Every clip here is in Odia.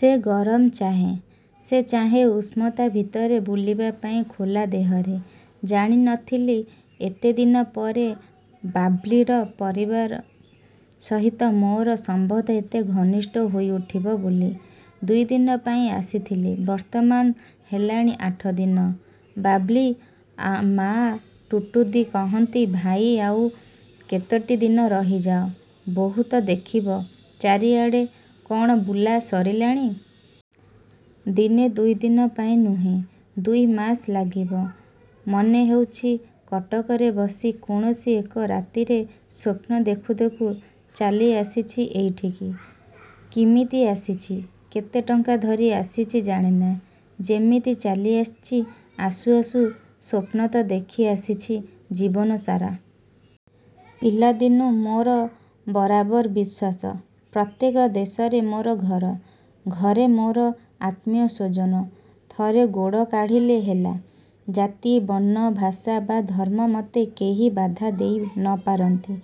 ସେ ଗରମ ଚାହେଁ। ସେ ଚାହେଁ ଉଷ୍ଣତା ଭିତରେ ବୁଲିବା ପାଇଁ ଖୋଲା ଦେହରେ। ଜାଣି ନ ଥିଲି ଏତେଦିନ ପରେ ବାବ୍ଲିର ପରିବାର ସହିତ ମୋର ସମ୍ବନ୍ଧ ଏତେ ଘନିଷ୍ଠ ହୋଇଉଠିବ ବୋଲି। ଦୁଇଦିନ ପାଇଁ ଆସିଥିଲି, ବର୍ତ୍ତମାନ ହେଲାଣି ଆଠଦିନ। ବାବ୍ଲି ମାଆ ଟୁଟୁଦି କହନ୍ତି–ଭାଇ, ଆଉ କେତୋଟି ଦିନ ରହିଯାଅ, ବହୁତ ଦେଖିବ, ଚାରିଆଡ଼ କ'ଣ ବୁଲା ସରିଲାଣି? ଦିନେ ଦୁଇ ଦିନ ପାଇଁ ନୁହେଁ, ଦୁଇ ମାସ ଲାଗିବ। ମନେ ହେଉଚି କଟକରେ ବସି କୌଣସି ଏକ ରାତିରେ ସ୍ୱପ୍ନ ଦେଖୁ ଦେଖୁ ଚାଲିଆସିଛି ଏଇଠିକି। କିମିତି ଆସିଛି, କେତେ ଟଙ୍କା ଧରି ଆସିଛି ଜାଣେନା। ଯେମିତି ଚାଲିଆସିଛି ଆସୁ ଆସୁ। ସ୍ୱପ୍ନ ତ ଦେଖିଆସିଛି ଜୀବନ ସାରା। ପିଲାଦିନୁ ମୋର ବରାବର ବିଶ୍ୱାସ, ପ୍ରତ୍ୟେକ ଦେଶରେ ମୋର ଘର; ଘରେ ମୋର ଆତ୍ମୀୟସ୍ୱଜନ। ଥରେ ଗୋଡ଼ କାଢ଼ିଲେ ହେଲା। ଜାତି, ବର୍ଣ୍ଣ, ଭାଷା ବା ଧର୍ମ ମତେ କେହି ବାଧା ଦେଇ ନ ପାରନ୍ତି।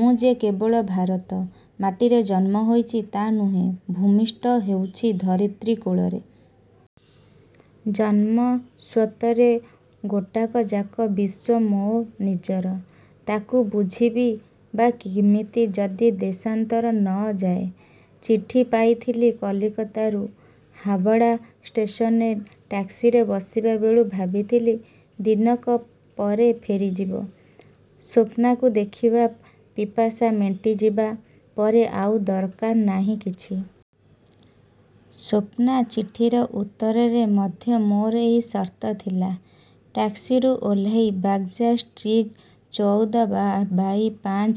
ମୁଁ ଯେ କେବଳ ଭାରତ ମାଟିରେ ଜନ୍ମ ହୋଇଛି ତା ନୁହେ, ଭୂମିଷ୍ଠ ହୋଇଛି ଧରିତ୍ରୀ କୋଳରେ। ଜନ୍ମ ସ୍ୱତ୍ୱରେ ଗୋଟାକଯାକ ବିଶ୍ୱ ମୋ ନିଜର। ତାକୁ ବୁଝିବି ବା କିମିତି ଯଦି ଦେଶାନ୍ତର ନ ଯାଏ। ଚିଠି ପାଇଥିଲି କଲିକତାରୁ। ହାବଡ଼ା ଷ୍ଟେସନରେ ଟାକ୍ସିରେ ବସିବାବେଳୁ ଭାବିଥିଲି, ଦିନକ ପରେ ଫେରିଯିବ। ସ୍ୱପ୍ନାକୁ ଦେଖିବା ପିପାସା ମେଣ୍ଟିଯିବା ପରେ ଆଉ ଦରକାର ନାହିଁ କିଛି-। ସ୍ୱପ୍ନା ଚିଠିର ଉତ୍ତରରେ ମଧ୍ୟ ମୋର ଏଇ ସର୍ତ୍ତ ଥିଲା। ଟାକ୍ସିରୁ ଓହ୍ଲେଇ ବାଗ୍ବଜାର ଷ୍ଟ୍ରିଟ୍ର ଚଉଦ ବାଇ ପାଞ୍ଚ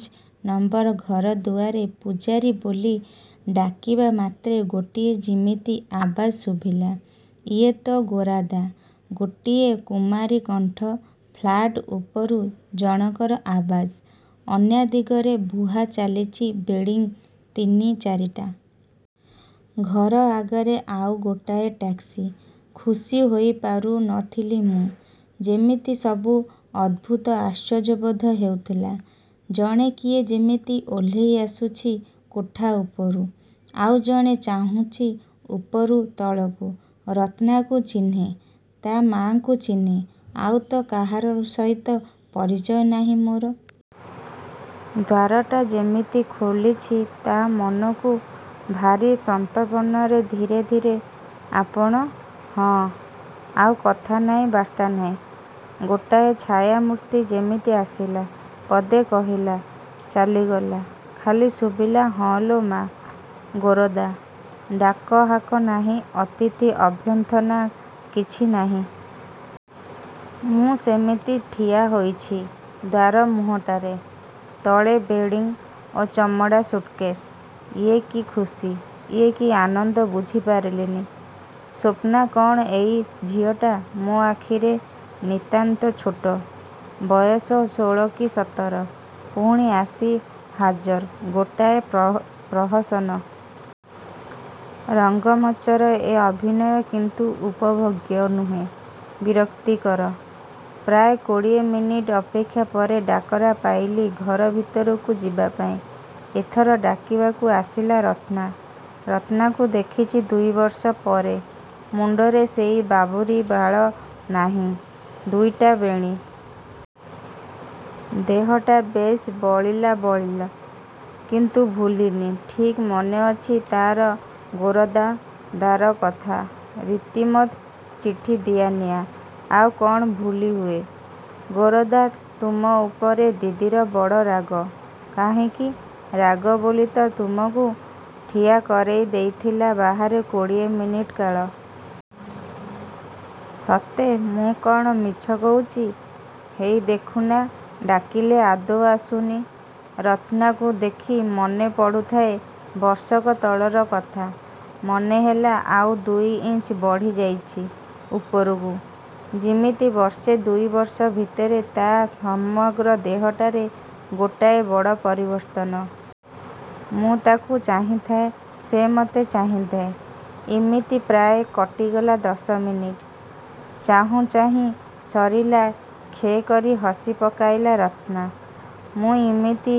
ନମ୍ବର ଘର ଦୁଆରେ ପୂଜାରୀ ବୋଲି ଡ଼ାକିବା ମାତ୍ରେ ଗୋଟାଏ ଯିମିତି ଆବାଜ ଶୁଭିଲା–ଏଇ ତ ଗୋରାଦା। ଗୋଟିଏ କୁମାରୀ କଣ୍ଠ, ଫ୍ଲାଟ ଉପରୁ ଜଣଙ୍କର ଆବାଜ, ଅନ୍ୟାଦିଗରେ ବୁହାଚାଲିଚି ବେଡ଼ିଂ ତିନି ଚାରିଟା। ଘର ଆଗରେ ଆଉ ଗୋଟାଏ ଟାକ୍ସି-। ଖୁସି ହୋଇପାରୁ ନ ଥିଲି ମୁଁ। ଯେମିତି ସବୁ ଅଦ୍ଭୁତ, ଆଶ୍ଚର୍ଯ୍ୟବୋଧ ହେଉଥିଲା। ଜଣେ କିଏ ଯେମିତି ଓହ୍ଲେଇ ଆସୁଛି କୋଠା ଉପରୁ, ଆଉ ଜଣେ ଚାହିଁଛି ଉପରୁ ତଳକୁ। ରତ୍ନାକୁ ଚିହ୍ନେ, ତା ମାଆକୁ ଚିହ୍ନେ, ଆଉ ତ କାହାର ସହିତ ପରିଚୟ ନାହିଁ ମୋର। ଦ୍ୱାରଟା ଯେମିତି ଖୋଲୁଛି ତା ମନକୁ, ଭାରି ସନ୍ତର୍ପଣରେ ଧୀରେ ଧୀରେ। ''ଆପଣ? '' ''ହଁ। '' ଆଉ କଥା ନାହିଁ, ବାର୍ତ୍ତା ନାହିଁ। ଗୋଟାଏ ଛାୟାମୂର୍ତ୍ତି ଯେମିତି ଆସିଲା, ପଦେ କହିଲା, ଚାଲିଗଲା। ଖାଲି ଶୁଭିଲା–''ହଁ ଲୋ ମା, ଗୋରାଦା। '' ଡାକହାକ ନାହିଁ, ଅତିଥି ଅଭ୍ୟର୍ଥନା କିଛି ନାହିଁ। ମୁଁ ସେମିତି ଠିଆହୋଇଛି ଦ୍ୱାର ମୁହଁଟାରେ। ତଳେ ବେଡ଼ିଂ ଓ ଚମଡ଼ା ସୁଟ୍କେଶ। ଇଏ କି ଖୁସି, ଇଏ କି ଆନନ୍ଦ ବୁଝିପାରିଲିନି। ସ୍ୱପ୍ନା କ'ଣ ଏଇ ଝିଅଟା? ମୋ ଆଖିରେ ନିତାନ୍ତ ଛୋଟ, ବୟସ ଷୋଳ କି ସତର। ପୁଣି ଆସି ହାଜର। ଗୋଟାଏ ପ୍ରହସନ। ରଙ୍ଗମଞ୍ଚର ଏ ଅଭିନୟ କିନ୍ତୁ ଉପଭୋଗ୍ୟ ନୁହେଁ, ବିରକ୍ତିକର। ପ୍ରାୟ କୋଡ଼ିଏ ମିନିଟ ଅପେକ୍ଷା ପରେ ଡାକରା ପାଇଲି ଘର ଭିତରକୁ ଯିବା ପାଇଁ। ଏଥର ଡାକିବାକୁ ଆସିଲା ରତ୍ନା। ରତ୍ନାକୁ ଦେଖୁଚି ଦୁଇ ବର୍ଷ ପରେ। ମୁଣ୍ଡରେ ସେଇ ବାବୁରି ବାଳ ନାହିଁ। ଦୁଇଟା ବେଣୀ। ଦେହଟା ବେଶ୍ ବଳିଲା ବଳିଲା। କିନ୍ତୁ ଭୁଲିନି। ଠିକ୍ ମନେ ଅଛି ତାର ଗୋରାଦାଦାର କଥା। ରୀତିମତ ଚିଠି ଦିଆନିଆ, ଆଉ କ'ଣ ଭୁଲି ହୁଏ? ''ଗୋରାଦା, ତୁମ ଉପରେ ଦିଦିର ବଡ଼ ରାଗ। '' ''କାହିଁକି? '' ''ରାଗ ବୋଲି ତ ତୁମକୁ ଠିଆକରେଇ ଦେଇଥିଲା ବାହାରେ କୋଡ଼ିଏ ମିନିଟ କାଳ। '' ''ସତେ? '' ''ମୁଁ କ'ଣ ମିଛ କହୁଚି? ହେଇ ଦେଖୁନା, ଡ଼ାକିଲେ ଆଦୌ ଆସୁନି। '' ରତ୍ନାକୁ ଦେଖି ମନେ ପଡ଼ୁଥାଏ ବର୍ଷକ ତଳର କଥା। ମନେ, ହେଲା, ଆଉ ଦୁଇଇଞ୍ଚ ବଢ଼ିଯାଇଚି ଉପରକୁ। ଯିମିତି ବର୍ଷେ ଦୁଇ ବର୍ଷ ଭିତରେ ତା ସମଗ୍ର ଦେହଟାରେ ଗୋଟାଏ ବଡ଼ ପରିବର୍ତ୍ତନ। ମୁଁ ତାକୁ ଚାହିଁଥାଏ, ସେ ମତେ ଚାହିଁଥାଏ–ଇମିତି ପ୍ରାୟ କଟିଗଲା ଦଶ ମିନିଟ। ଚୁହାଁଚୁହିଁ ସରିଲା; ଖେଁ କରି ହସି ପକାଇଲା ରତ୍ନା। ମୁଁ ଇମିତି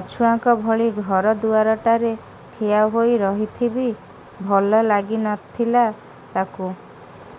ଅଛୁଆଁଙ୍କ ଭଳି ଘର ଦୁଆରଟାରେ ଠିଆହୋଇ ରହିଥିବି, ଭଲ ଲାଗି ନଥିଲା ତାକୁ।